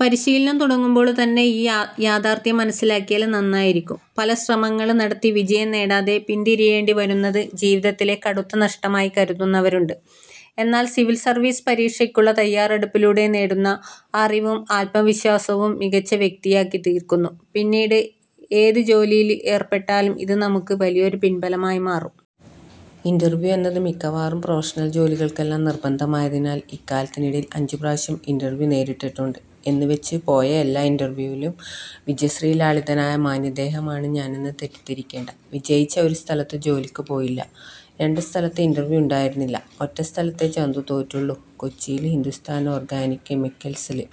പരിശീലനം തുടങ്ങുമ്പോള് തന്നെ ഈ യാഥാര്ത്ഥ്യം മനസ്സിലാക്കിയാല് നന്നായിരിക്കും. പല ശ്രമങ്ങള് നടത്തി വിജയം നേടാതെ പിന്തിരിയേണ്ടി വരുന്നത് ജീവിതത്തിലെ കടുത്ത നഷ്ടമായി കരുതുന്നവരുണ്ട്. എന്നാല്, സിവില് സര്വീസ് പരീക്ഷയ്ക്കുള്ള തയ്യാറെടുപ്പിലൂടെ നേടുന്ന അറിവും ആത്മവിശ്വാസവും മികച്ച വ്യക്തിയാക്കിത്തീര്ക്കുന്നു. പിന്നീട് ഏത് ജോലിയില് ഏര്പ്പെട്ടാലും ഇത് നമുക്ക് വലിയൊരു പിന്ബലമായിമാറും. ഇന്റര്വ്യൂ എന്നത് മിക്കവാറും പ്രൊഫഷണല് ജോലികള്ക്കെല്ലാം നിര്ബന്ധമായതിനാല് ഇക്കാലത്തിനിടയില് അഞ്ചു പ്രാവശ്യം ഇന്റര്വ്യൂ നേരിട്ടിട്ടുണ്ട്. എന്നുവെച്ച് പോയ എല്ലാ ഇന്റര്വ്യൂവിലും വിജയശ്രീലാളിതനായ മാന്യദേഹം ആണ് ഞാനെന്ന് തെറ്റിദ്ധരിക്കേണ്ട. വിജയിച്ച ഒരു സ്ഥലത്ത് ജോലിക്കു പോയില്ല, രണ്ടു സ്ഥലത്ത് ഇന്റര്വ്യൂ ഉണ്ടായിരുന്നില്ല. ഒറ്റ സ്ഥലത്തേ ചന്തു തോറ്റുള്ളൂ, കൊച്ചിയില് ഹിന്ദുസ്ഥാന് ഓര്ഗാനിക്ക് കെമിക്കല്സില്.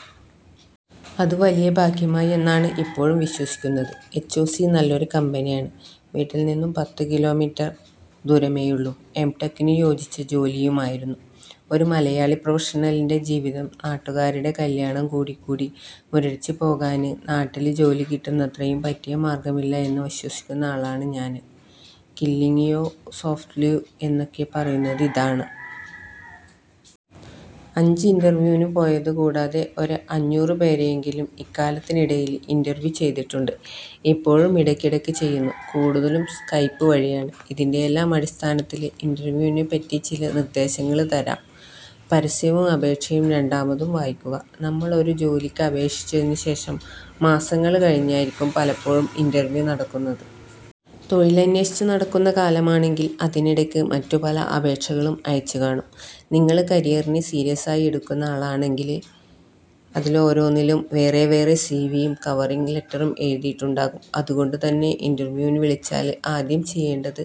അത് വലിയ ഭാഗ്യമായി എന്നാണ് ഇപ്പോഴും വിശ്വസിക്കുന്നത്. എച്ച്ഒസി നല്ലൊരു കമ്പനിയാണ്, വീട്ടില് നിന്നും പത്തു കിലോമീറ്റര് ദൂരമേയുള്ളൂ, എംടെക്കിനു യോജിച്ച ജോലിയുമായിരുന്നു. ഒരു മലയാളി പ്രൊഫഷണലിന്റെ ജീവിതം നാട്ടുകാരുടെ കല്യാണം കൂടിക്കൂടി മുരടിച്ചു പോകാന് നാട്ടില് ജോലികിട്ടുന്നത്രയും പറ്റിയ മാര്ഗ്ഗമില്ല എന്ന് വിശ്വസിക്കുന്ന ആളാണ് ഞാന്. കില്ലിങ് യൊഉ സൊഫ്ത്ല്യ് എന്നൊക്കെ പറയുന്നത് ഇതാണ്. അഞ്ച് ഇന്റര്വ്യൂവിന് പോയതുകൂടാതെ ഒരു അഞ്ഞൂറ് പേരെയെങ്കിലും ഇക്കാലത്തിനിടയില് ഇന്റര്വ്യൂ ചെയ്തിട്ടുണ്ട്, ഇപ്പോഴും ഇടക്കിടക്ക് ചെയ്യുന്നു. കൂടുതലും സ്കൈപ്പ് വഴിയാണ്. ഇതിന്റെയെല്ലാം അടിസ്ഥാനത്തില് ഇന്റര്വ്യൂവിനെപ്പറ്റി ചില നിര്ദേശങ്ങള് തരാം.. പരസ്യവും അപേക്ഷയും രണ്ടാമതും വായിക്കുക:നമ്മള് ഒരു ജോലിക്ക് അപേക്ഷിച്ചതിനു ശേഷം മാസങ്ങള് കഴിഞ്ഞായിരിക്കും പലപ്പോഴും ഇന്റര്വ്യൂ നടക്കുന്നത്. തൊഴിലന്വേഷിച്ച് നടക്കുന്ന കാലമാണെങ്കില് അതിനിടക്ക് മറ്റു പല അപേക്ഷകളും അയച്ചുകാണും. നിങ്ങള് കരിയറിനെ സീരിയസായി എടുക്കുന്ന ആളാണെങ്കില് അതിലോരോന്നിലും വേറെവേറെ സിവിയും കവറിങ് ലെറ്ററും എഴുതിയിട്ടുണ്ടാകും. അതുകൊണ്ടുതന്നെ ഇന്റര്വ്യൂവിന് വിളിച്ചാല് ആദ്യം ചെയ്യേണ്ടത്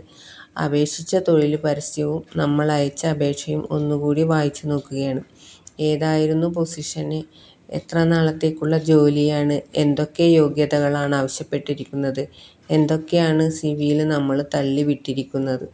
അപേക്ഷിച്ച തൊഴില് പരസ്യവും നമ്മളയച്ച അപേക്ഷയും ഒന്നുകൂടി വായിച്ചുനോക്കുകയാണ്. ഏതായിരുന്നു പൊസിഷന്, എത്ര നാളത്തേക്കുള്ള ജോലിയാണ്, എന്തൊക്കെ യോഗ്യതകളാണ് ആവശ്യപ്പെട്ടിരിക്കുന്നത്, എന്തൊക്കെയാണ് സിവിയില് നമ്മള് 'തള്ളി'വിട്ടിരിക്കുന്നത്.